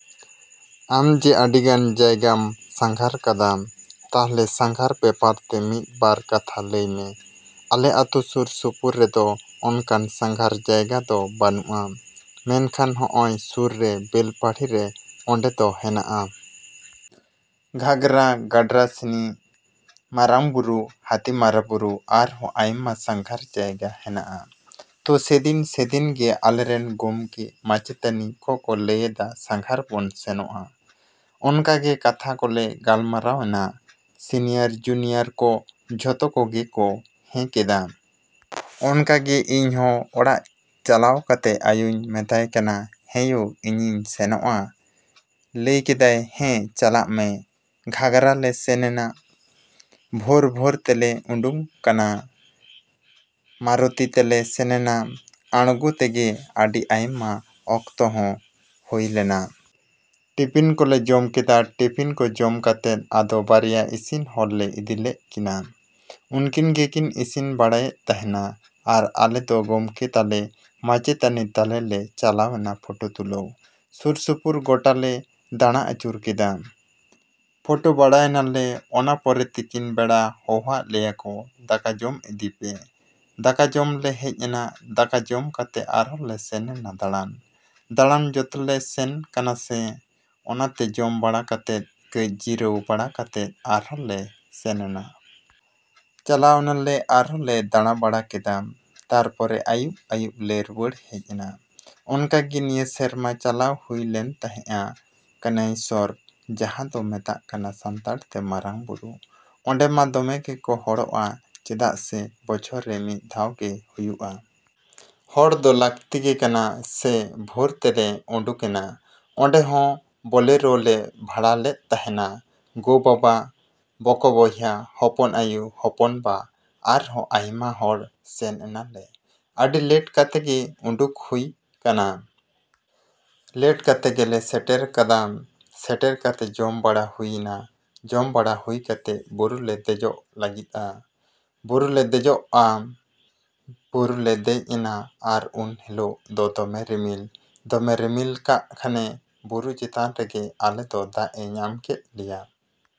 ‎ᱟᱢ ᱡᱮ ᱟᱹᱰᱤᱜᱟᱱ ᱡᱟᱭᱜᱟᱢ ᱥᱟᱸᱜᱷᱟᱨ ᱠᱟᱫᱟ, ᱛᱟᱦᱚᱞᱮ ᱥᱟᱸᱜᱷᱟᱨ ᱵᱮᱯᱟᱨ ᱛᱮ ᱢᱤᱫ ᱵᱟᱨ ᱠᱟᱛᱷᱟ ᱞᱟᱹᱭ ᱢᱮ᱾ ᱟᱞᱮ ᱟᱛᱳ ᱥᱩᱨ ᱥᱩᱯᱩᱨ ᱨᱮᱫᱚ ᱚᱱᱠᱟᱱ ᱥᱟᱸᱜᱷᱟᱨ ᱡᱟᱭᱜᱟ ᱫᱚ ᱵᱟᱹᱱᱩᱜᱼᱟ, ᱢᱮᱱᱠᱷᱟᱱ ᱦᱚᱜᱼᱚᱭ ᱥᱩᱨ ᱨᱮ ᱵᱮᱞᱯᱟᱦᱟᱲᱤ ᱨᱮ ᱚᱸᱰᱮ ᱫᱚ ᱦᱮᱱᱟᱜᱼᱟ᱾ ᱜᱷᱟᱜᱽᱨᱟ, ᱜᱟᱰᱨᱟᱥᱤᱱᱤ, ᱢᱟᱨᱟᱝᱼᱵᱩᱨᱩ, ᱦᱟᱹᱛᱤ ᱢᱟᱨᱟ ᱵᱩᱨᱩ, ᱟᱨᱚ ᱟᱭᱢᱟ ᱥᱟᱸᱜᱷᱟᱨ ᱡᱟᱭᱜᱟ ᱦᱮᱱᱟᱜᱼᱟ᱾ ᱛᱚ ᱥᱮᱫᱤᱱ ᱥᱮᱫᱤᱱ ᱜᱮ ᱟᱞᱮᱨᱮᱱ ᱜᱚᱢᱠᱮ ᱢᱟᱪᱮᱛᱟᱹᱱᱤ ᱠᱚᱠᱚ ᱞᱟᱹᱭᱫᱟ ᱥᱟᱸᱜᱷᱟᱨ ᱵᱚᱱ ᱥᱮᱱᱚᱜᱼᱟ᱾ ᱚᱱᱠᱟᱜᱮ ᱠᱟᱛᱷᱟ ᱠᱚᱞᱮ ᱜᱟᱞᱢᱟᱨᱟᱣ ᱮᱱᱟ᱾ ᱥᱤᱱᱤᱭᱟᱨ ᱡᱩᱱᱤᱭᱟᱨ ᱠᱚ ᱡᱷᱚᱛᱚ ᱠᱚᱜᱮ ᱠᱚ ᱦᱮᱸ ᱠᱮᱫᱟ᱾ ᱚᱱᱠᱟᱜᱮ ᱤᱧ ᱦᱚᱸ ᱚᱲᱟᱜ ᱪᱟᱞᱟᱣ ᱠᱟᱛᱮ ᱟᱭᱳᱧ ᱢᱮᱛᱟᱭ ᱠᱟᱱᱟ, "ᱦᱮᱸ ᱭᱳ, ᱤᱧᱤᱧ ᱥᱮᱱᱚᱜᱼᱟ᱾" ᱞᱟᱹᱭ ᱠᱮᱫᱟᱭ, "ᱦᱮᱸ, ᱪᱟᱞᱟᱜ ᱢᱮ᱾" ᱜᱷᱟᱜᱽᱨᱟ ᱞᱮ ᱥᱮᱱ ᱮᱱᱟ᱾ ᱵᱷᱳᱨ ᱵᱷᱳᱨ ᱛᱮᱞᱮ ᱩᱰᱩᱝ ᱠᱟᱱᱟ᱾ ᱢᱟᱨᱚᱛᱤ ᱛᱮᱞᱮ ᱥᱮᱱ ᱮᱱᱟ᱾ ᱟᱬᱜᱳ ᱛᱮᱜᱮ ᱟᱹᱰᱤ ᱟᱭᱢᱟ ᱚᱠᱛᱚ ᱦᱚᱸ ᱦᱳᱭ ᱞᱮᱱᱟ᱾ ᱴᱤᱯᱷᱤᱱ ᱠᱚᱞᱮ ᱡᱚᱢ ᱠᱮᱫᱟ᱾ ᱴᱤᱯᱷᱤᱱ ᱠᱚ ᱡᱚᱢ ᱠᱟᱛᱮ ᱟᱫᱚ ᱵᱟᱨᱭᱟ ᱤᱥᱤᱱ ᱦᱚᱲᱞᱮ ᱤᱫᱤ ᱞᱮᱜ ᱠᱤᱱᱟ᱾ ᱩᱱᱠᱤᱱ ᱜᱮᱠᱤᱱ ᱤᱥᱤᱱ ᱵᱟᱲᱟᱭᱮᱜ ᱛᱟᱦᱮᱱᱟ᱾ ᱟᱨ ᱟᱞᱮ ᱫᱚ ᱜᱚᱢᱠᱮ ᱛᱟᱞᱮ, ᱢᱟᱪᱮᱛᱟᱹᱱᱤ ᱛᱟᱞᱮ ᱞᱮ ᱪᱟᱞᱟᱣ ᱮᱱᱟ ᱯᱷᱳᱴᱳ ᱛᱩᱞᱟᱹᱣ᱾ ᱥᱩᱨ ᱥᱩᱯᱩᱨ ᱜᱳᱴᱟᱞᱮ ᱫᱟᱬᱟ ᱟᱹᱪᱩᱨ ᱠᱮᱫᱟ᱾ ᱯᱷᱳᱴᱳ ᱵᱟᱲᱟᱭ ᱱᱟᱞᱮ᱾ ᱚᱱᱟ ᱯᱚᱨᱮ ᱛᱤᱠᱤᱱ ᱵᱮᱲᱟ ᱦᱚᱦᱚᱣᱟᱜ ᱞᱮᱭᱟᱠᱚ, "ᱫᱟᱠᱟ ᱡᱚᱢ ᱤᱫᱤ ᱯᱮ᱾" ᱫᱟᱠᱟ ᱡᱚᱢᱞᱮ ᱦᱮᱡ ᱮᱱᱟ᱾ ᱫᱟᱠᱟ ᱡᱚᱢ ᱠᱟᱛᱮ ᱟᱨᱚ ᱞᱮ ᱥᱮᱱ ᱮᱱᱟ ᱫᱟᱬᱟᱱ᱾ ᱫᱟᱬᱟᱱ ᱡᱚᱛᱞᱮ ᱥᱮᱱ ᱠᱟᱱᱟ ᱥᱮ, ᱚᱱᱟᱛᱮ ᱡᱚᱢ ᱵᱟᱲᱟ ᱠᱟᱛᱮ ᱠᱟᱹᱡ ᱡᱤᱨᱟᱹᱣ ᱵᱟᱲᱟ ᱠᱟᱛᱮ ᱟᱨᱦᱚᱸ ᱞᱮ ᱥᱮᱱ ᱱᱟ᱾ ᱪᱟᱞᱟᱣ ᱱᱟᱞᱮ ᱟᱨᱚ ᱞᱮ ᱫᱟᱬᱟ ᱵᱟᱲᱟ ᱠᱮᱫᱟ᱾ ᱛᱟᱨᱯᱚᱨᱮ ᱟᱹᱭᱩᱵ ᱟᱹᱭᱩᱵᱞᱮ ᱨᱩᱣᱟᱹᱲ ᱦᱮᱡ ᱮᱱᱟ᱾ ᱚᱱᱠᱟᱜᱮ ᱱᱤᱭᱟᱹ ᱥᱮᱨᱢᱟ ᱪᱟᱞᱟᱣ ᱦᱩᱭ ᱞᱮᱱ ᱛᱟᱦᱮᱜᱼᱟ ᱠᱟᱱᱟᱭᱤᱥᱚᱨ ᱡᱟᱦᱟᱸ ᱫᱚ ᱢᱮᱛᱟᱜ ᱠᱟᱱᱟ ᱥᱟᱱᱛᱟᱲ ᱛᱮ ᱢᱟᱨᱟᱝᱼᱵᱩᱨᱩ, ᱚᱸᱰᱮ ᱢᱟ ᱫᱚᱢᱮ ᱜᱮᱠᱚ ᱦᱚᱲᱚᱜᱼᱟ ᱪᱮᱫᱟᱜ ᱥᱮ ᱵᱚᱪᱷᱚᱨ ᱨᱮ ᱢᱤᱫ ᱫᱷᱟᱣ ᱜᱮ ᱦᱩᱭᱩᱜᱼᱟ᱾ ᱦᱚᱲ ᱫᱚ ᱞᱟᱹᱠᱛᱤ ᱜᱮ ᱠᱟᱱᱟ ᱥᱮ ᱵᱷᱳᱨ ᱛᱮᱞᱮ ᱩᱰᱩᱠᱮᱱᱟ᱾ ᱚᱸᱰᱮ ᱦᱚᱸ ᱵᱳᱞᱮᱨᱳ ᱞᱮ ᱵᱷᱟᱲᱟ ᱞᱮᱜ ᱛᱟᱦᱮᱱᱟ᱾ ᱜᱚᱼᱵᱟᱵᱟ, ᱵᱚᱠᱚ ᱵᱚᱭᱦᱟ, ᱦᱚᱯᱚᱱ ᱟᱹᱭᱩ, ᱦᱚᱯᱚᱱᱵᱟ ᱟᱨᱚ ᱟᱭᱢᱟ ᱦᱚᱲ ᱥᱮᱱ ᱮᱱᱟᱞᱮ᱾ ᱟᱹᱰᱤ ᱞᱮᱴ ᱠᱟᱛᱮ ᱜᱮ ᱩᱰᱩᱝ ᱦᱩᱭ ᱠᱟᱱᱟ᱾ ᱞᱮᱴ ᱠᱟᱛᱮ ᱜᱮᱞᱮ ᱥᱮᱴᱮᱨ ᱠᱟᱫᱟ᱾ ᱥᱮᱴᱮᱨ ᱠᱟᱛᱮ ᱡᱚᱢ ᱵᱟᱲᱟ ᱦᱩᱭ ᱮᱱᱟ᱾ ᱡᱚᱢ ᱵᱟᱲᱟ ᱦᱩᱭ ᱠᱟᱛᱮ ᱵᱩᱨᱩᱞᱮ ᱫᱮᱡᱚᱜ ᱞᱟᱹᱜᱤᱫᱼᱟ᱾ ᱵᱩᱨᱩᱞᱮ ᱫᱮᱡᱚᱜᱼᱟ᱾ ᱵᱩᱨᱩᱞᱮ ᱫᱮᱡ ᱮᱱᱟ ᱟᱨ ᱩᱱ ᱦᱤᱞᱳᱜ ᱫᱚ ᱫᱚᱢᱮ ᱨᱤᱢᱤᱞ, ᱫᱚᱢᱮ ᱨᱤᱢᱤᱞ ᱠᱟᱜ ᱠᱷᱟᱱᱮ ᱵᱩᱨᱩ ᱪᱮᱛᱟᱱ ᱨᱮᱜᱮ ᱟᱞᱮ ᱫᱚ ᱫᱟᱜ ᱮ ᱧᱟᱢ ᱠᱮᱫ ᱞᱮᱭᱟ᱾